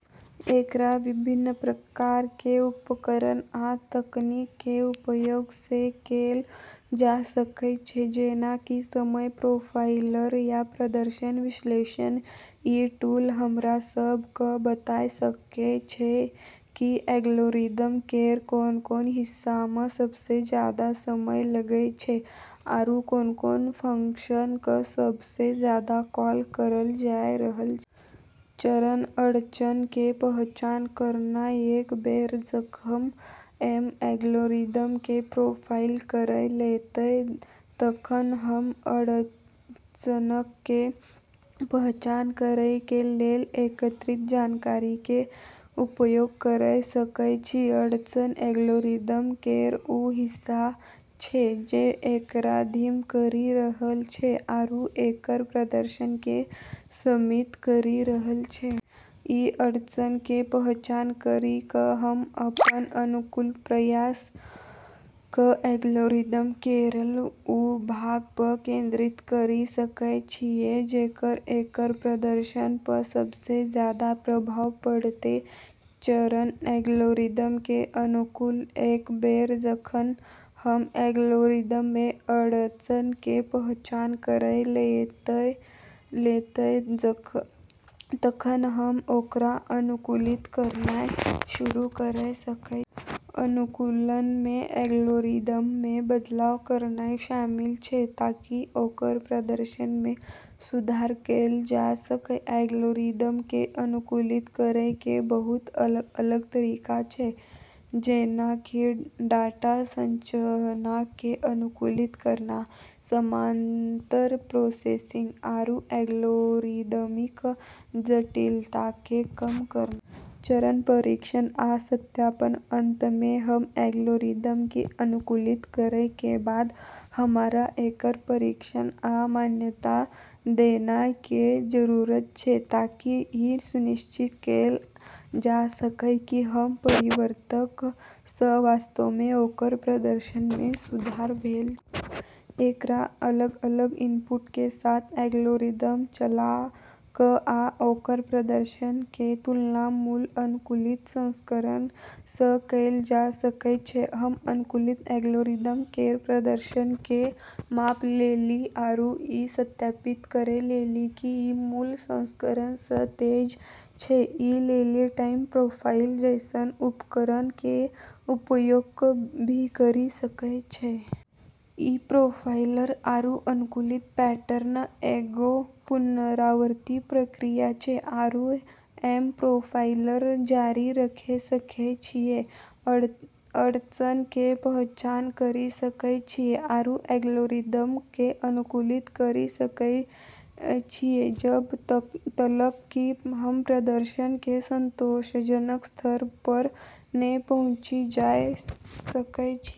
एकरा विभिन्न प्रकार कें उपकरण आ तकनीक कें उपयोग सं कैल जा सकय छै, जेना कि समय प्रोफाइलर या प्रदर्शन विश्लेषक. ई टूल हमरा सब क॑ बताय सकै छै कि एल्गोरिदम केरऽ कोन-कोन हिस्सा म॑ सबसें जादा समय लगै छै, आरू कोन-कोन फंक्शन क॑ सबसें जादा कॉल करलऽ जाय रहलऽ छै। चरण: अड़चन कें पहचान करनाय: एक बेर जखन हम एल्गोरिदम कें प्रोफाइल कयर लेतय, तखन हम अड़चनक कें पहचान करय कें लेल एकत्रित जानकारी कें उपयोग कयर सकय छी. अड़चन एल्गोरिदम केरऽ वू हिस्सा छै जे एकरा धीमा करी रहलऽ छै आरू एकरऽ प्रदर्शन क॑ सीमित करी रहलऽ छै। ई अड़चनऽ के पहचान करी क॑ हम्मं॑ अपनऽ अनुकूलन प्रयास क॑ एल्गोरिदम केरऽ वू भागऽ प॑ केंद्रित करी सकै छियै जेकरऽ एकरऽ प्रदर्शन प॑ सबसें जादा प्रभाव पड़तै। चरण: एल्गोरिदम कें अनुकूलन: एक बेर जखन हम एल्गोरिदम मे अड़चन कें पहचान कयर लेतय, तखन हम ओकरा अनुकूलित करनाय शुरू कयर सकय छी. अनुकूलन मे एल्गोरिदम मे बदलाव करनाय शामिल छै ताकि ओकर प्रदर्शन मे सुधार कैल जा सकय. एल्गोरिदम क॑ अनुकूलित करै के बहुत अलग-अलग तरीका छै, जेना कि डाटा संरचना क॑ अनुकूलित करना, समानांतर प्रोसेसिंग, आरू एल्गोरिदमिक जटिलता क॑ कम करना। चरण: परीक्षण आ सत्यापन: अंत मे, हम एल्गोरिदम कें अनुकूलित करय कें बाद, हमरा एकर परीक्षण आ मान्यता देनाय कें जरूरत छै ताकि इ सुनिश्चित कैल जा सकय कि हमर परिवर्तनक सं वास्तव मे ओकर प्रदर्शन मे सुधार भेल छै. एकरा अलग-अलग इनपुट कें साथ एल्गोरिदम चला क आ ओकर प्रदर्शन कें तुलना मूल, अअनुकूलित संस्करण सं कैल जा सकय छै. हम अनुकूलित एल्गोरिदम केरऽ प्रदर्शन क॑ मापै लेली आरू ई सत्यापित करै लेली कि ई मूल संस्करण स॑ तेज छै, ई लेली टाइम प्रोफाइलर जैसनऽ उपकरण के उपयोग भी करी सकै छियै। ई प्रोफाइलर आरू अनुकूलन पैटर्न एगो पुनरावर्ती प्रक्रिया छै, आरू हम प्रोफाइलर जारी रखै सकै छियै, अड़चनऽ के पहचान करी सकै छियै, आरू एल्गोरिदम क॑ अनुकूलित करी सकै छियै जब॑ तलक कि हम प्रदर्शन के संतोषजनक स्तर प॑ नै पहुँची जाय सकै छियै।